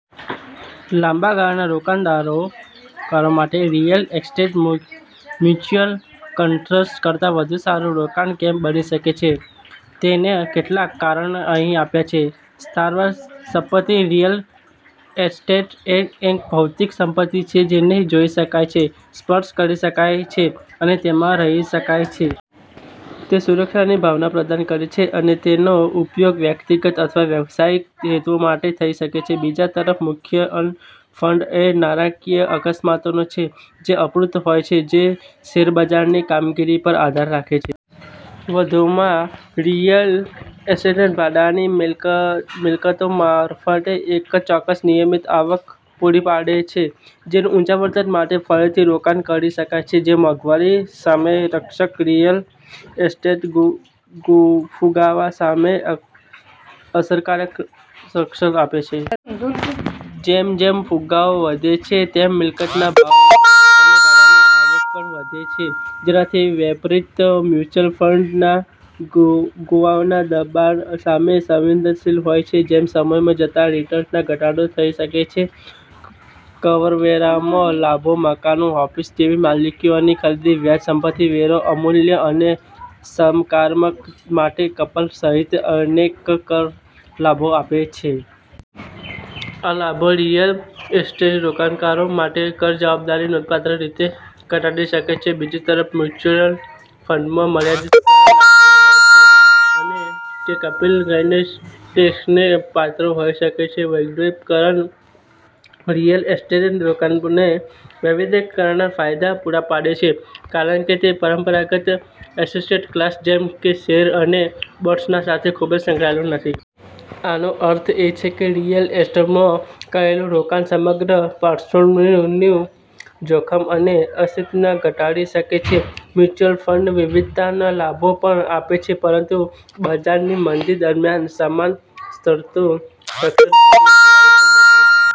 લાંબા ગાળાના રોકાણકારો માટે રિયલ એસ્ટેટ મ્યુચ્યુઅલ ફંડ્સ કરતાં વધુ સારું રોકાણ કેમ બની શકે છે તેનાં કેટલાક કારણો અહીં આપ્યાં છે: સ્થાવર સંપત્તિ: રિયલ એસ્ટેટ એ એક ભૌતિક સંપત્તિ છે જેને જોઈ શકાય છે, સ્પર્શ કરી શકાય છે અને તેમાં રહી શકાય છે. તે સુરક્ષાની ભાવના પ્રદાન કરે છે અને તેનો ઉપયોગ વ્યક્તિગત અથવા વ્યવસાયિક હેતુઓ માટે થઈ શકે છે. બીજી તરફ, મ્યુચ્યુઅલ ફંડ એ નાણાકીય અસ્કયામતો છે જે અમૂર્ત હોય છે અને શેરબજારની કામગીરી પર આધાર રાખે છે. વધુમાં, રિયલ એસ્ટેટ ભાડાની મિલકતો મારફતે એક ચોક્કસ નિયમિત આવક પુરી પાડે છે, જેનું ઉંચા વળતર માટે ફરીથી રોકાણ કરી શકાય છે. મોંઘવારી સામે રક્ષમ: રિયલ એસ્ટેટ ફુગાવા સામે અસરકારક રક્ષણ આપે છે. જેમ જેમ ફુગાવો વધે છે, તેમ મિલકતના ભાવ અને ભાડાની આવક પણ વધે છે. તેનાથી વિપરીત, મ્યુચ્યુઅલ ફંડ્સ ફુગાવાના દબાણ સામે સંવેદનશીલ હોય છે, જે સમય જતાં રિટર્નમાં ઘટાડો થઇ શકે છે. કરવેરામાં લાભો: મકાન-ઓફિસ જેવી મિલકતોની ખરીદી વ્યાજ, સંપતિ વેરો, અવમૂલ્યન અને સમારકામ માટે કપાત સહિત અનેક કર લાભો આપે છે. આ લાભો રિયલ એસ્ટેટ રોકાણકારો માટે કર જવાબદારી નોંધપાત્ર રીતે ઘટાડી શકે છે. બીજી તરફ, મ્યુચ્યુઅલ ફંડમાં મર્યાદિત કર લાભો હોય છે અને તે કેપિટલ ગેઈન ટેક્સને પાત્ર હોઈ શકે છે. વૈવિધ્યકરણ: રિયલ એસ્ટેટ રોકાણકારોને વૈવિધ્યકરણના ફાયદા પૂરા પાડે છે, કારણ કે તે પરંપરાગત એસેટ્સ ક્લાસ જેમ કે શેર અને બોન્ડ્સ સાથે ખૂબ સંકળાયેલું નથી. આનો અર્થ એ છે કે રિયલ એસ્ટેટમાં કરેલું રોકાણ સમગ્ર પોર્ટફોલિયોનું જોખમ અને અસ્થિરતાને ઘટાડી શકે છે. મ્યુચ્યુઅલ ફંડ વિવિધતાના લાભો પણ આપે છે, પરંતુ બજારની મંદી દરમિયાન સમાન સ્તરનું રક્ષણ પૂરું પાડતું નથી.